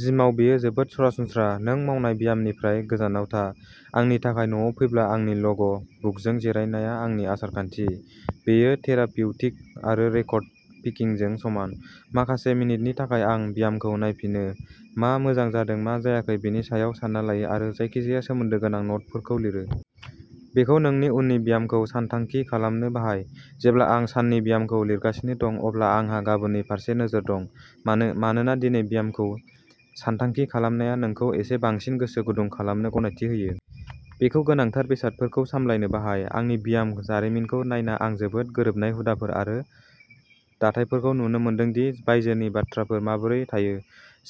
जिमाव बेयो जोबोद सरासनस्रा। नों मावनाय ब्यामनिफ्राय गोजानाव था। आंनि थाखाय, न'आव फैब्ला आंनि लग बुकजों जिरायनाया आंनि आसार-खान्थि। बेयो थेरापिउटिक आरो रेकर्ड किपिंजों समान। माखासे मिनिटनि थाखाय आं ब्यामखौ नायफिनो, मा मोजां जादों, मा जायाखै बेनि सायाव सान्ना लायो आरो जायखिजाया सोमोन्दो गोनां नटफोरखौ लिरो। बेखौ नोंनि उननि ब्यामखौ सानथांखि खालामनो बाहाय। जेब्ला आं साननि ब्यामखौ लिरगासिनो दं, अब्ला आंहा गाबोननि फारसे नोजोर दं। मानो? मानोना दिनैनि ब्यामखौ सानथांखि खालामनाया नोंखौ एसे बांसिन गोसो गुदुं खालामनो गनायथि होयो। बेखौ गोनांथार बेसादफोरखौ सामलायनो बाहाय। आंनि ब्याम जारिमिनखौ नायना आं जोबोद गोरोबनाय हुदाफोर आरो दाथायफोरखौ नुनो मोनदों दि बायजोनि बाथ्राफोरा माबोरै थायो।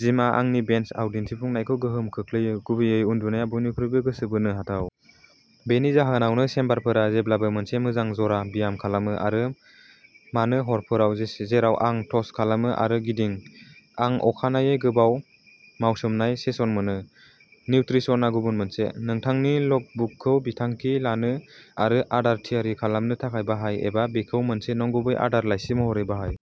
जिमआ आंनि बेन्चआव दिन्थिफुंनायखौ गोहोम खोख्लैयो। गुबैयै उन्दुनाया बयनिख्रुइबो गोसो बोनो हाथाव। बेनि जाहोनावनो समबारफोरा जेब्लाबो मोनसे मोजां ज'रा ब्याम खालामो, आरो मानो हरफोराव जेराव आं टस खालामो आरो गिदिं, आं अखानायै गोबां मावसोमनाय सेसन मोनो। निउत्रिसनआ गुबुन मोनसे। नोंथांनि लगबुकखौ बिथांखि लानो आरो आदार थियारि खालामनो थाखाय बाहाय, एबा बेखौ मोनसे नंगुबै आदार लाइसि महरै बाहाय।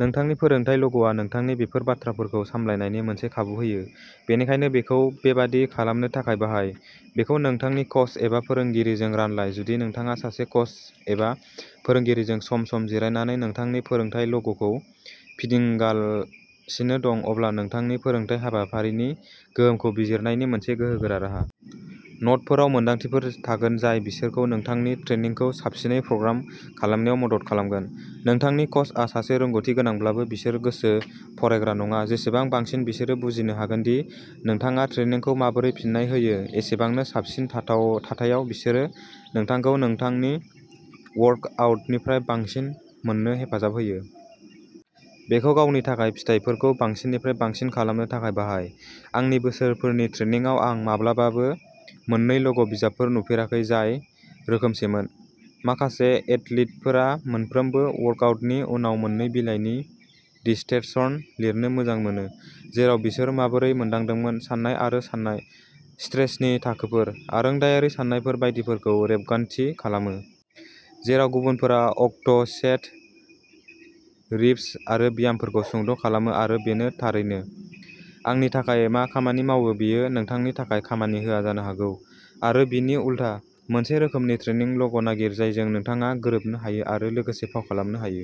नोंथांनि फोरोंथाय लगआ नोंथांनो बेफोर बाथ्राफोरखौ सामलायनायनि मोनसे खाबु होयो, बेनिखायनो बेखौ बेबादि खालामनो थाखाय बाहाय। बेखौ नोंथांनि कच एबा फोरोंगिरिजों रानलाय। जुदि नोंथाङा सासे कच एबा फोरोंगिरिजों सम-सम जिरायनानै नोंथांनि फोरोंथाय लगखौ फिदिंगासिनो दं, अब्ला नोंथांनि फोरोंथाय हाबाफारिनि गोहोमखौ बिजिरनायनि मोनसे गोहोगोरा राहा। न'टफोराव मोनदांथिफोर थागोन जाय बिसोरखौ नोंथांनि ट्रेनिंखौ साबसिनै प्रग्राम खालामनायाव मदद खालामगोन। नोंथांनि कचआ सासे रोंग'थि गोनांब्लाबो, बिसोरो गोसो फरायग्रा नङा जेसेबां बांसिन बिसोरो बुजिनो हागोन दि नोंथाङा ट्रेनिंखौ माबोरै फिन्नाय होयो एसेबांनो साबसिन थाथायाव बिसोरो नोंथांखौ नोंथांनि वर्कआउटनिफ्राय बांसिन मोननो हेफाजाब होयो। बेखौ गावनि थाखाय फिथायफोरखौ बांसिननिफ्राय बांसिन खालामनो थाखाय बाहाय। आंनि बोसोरफोरनि ट्रेनिंआव आं माब्लाबाबो मोन्नै लग बिजाबफोर नुफेराखै जाय रोखोमसेमोन। माखासे एथलीटफोरा मोनफ्रोम वर्कआउटनि उनाव मोन्नै बिलाइनि डिसर्टेशन लिरनो मोजां मोनो, जेराव बिसोर माबोरै मोनदांदोंमोन, सानाय आरो सानाय, स्ट्रेसनि थाखोफोर, आरोंदायारि साननायफोर बायदिफोरखौ रेबगान्थि खालामो। जेराव गुबुनफोरा अक्ट', सेट, रिप्स आरो ब्यामफोरखौ सुंद' खालामो, आरो बेनो थारैनो आंनि थाखाय मा खामानि मावो बेयो नोंथांनि थाखाय खामानि होआ जानो हागौ, आरो बिनि उलथा। मोनसे रोखोमनि ट्रेनिं लग नागिर, जायजों नोंथाङा गोरोबनो हायो आरो लोगोसे फाव खालामनो हायो।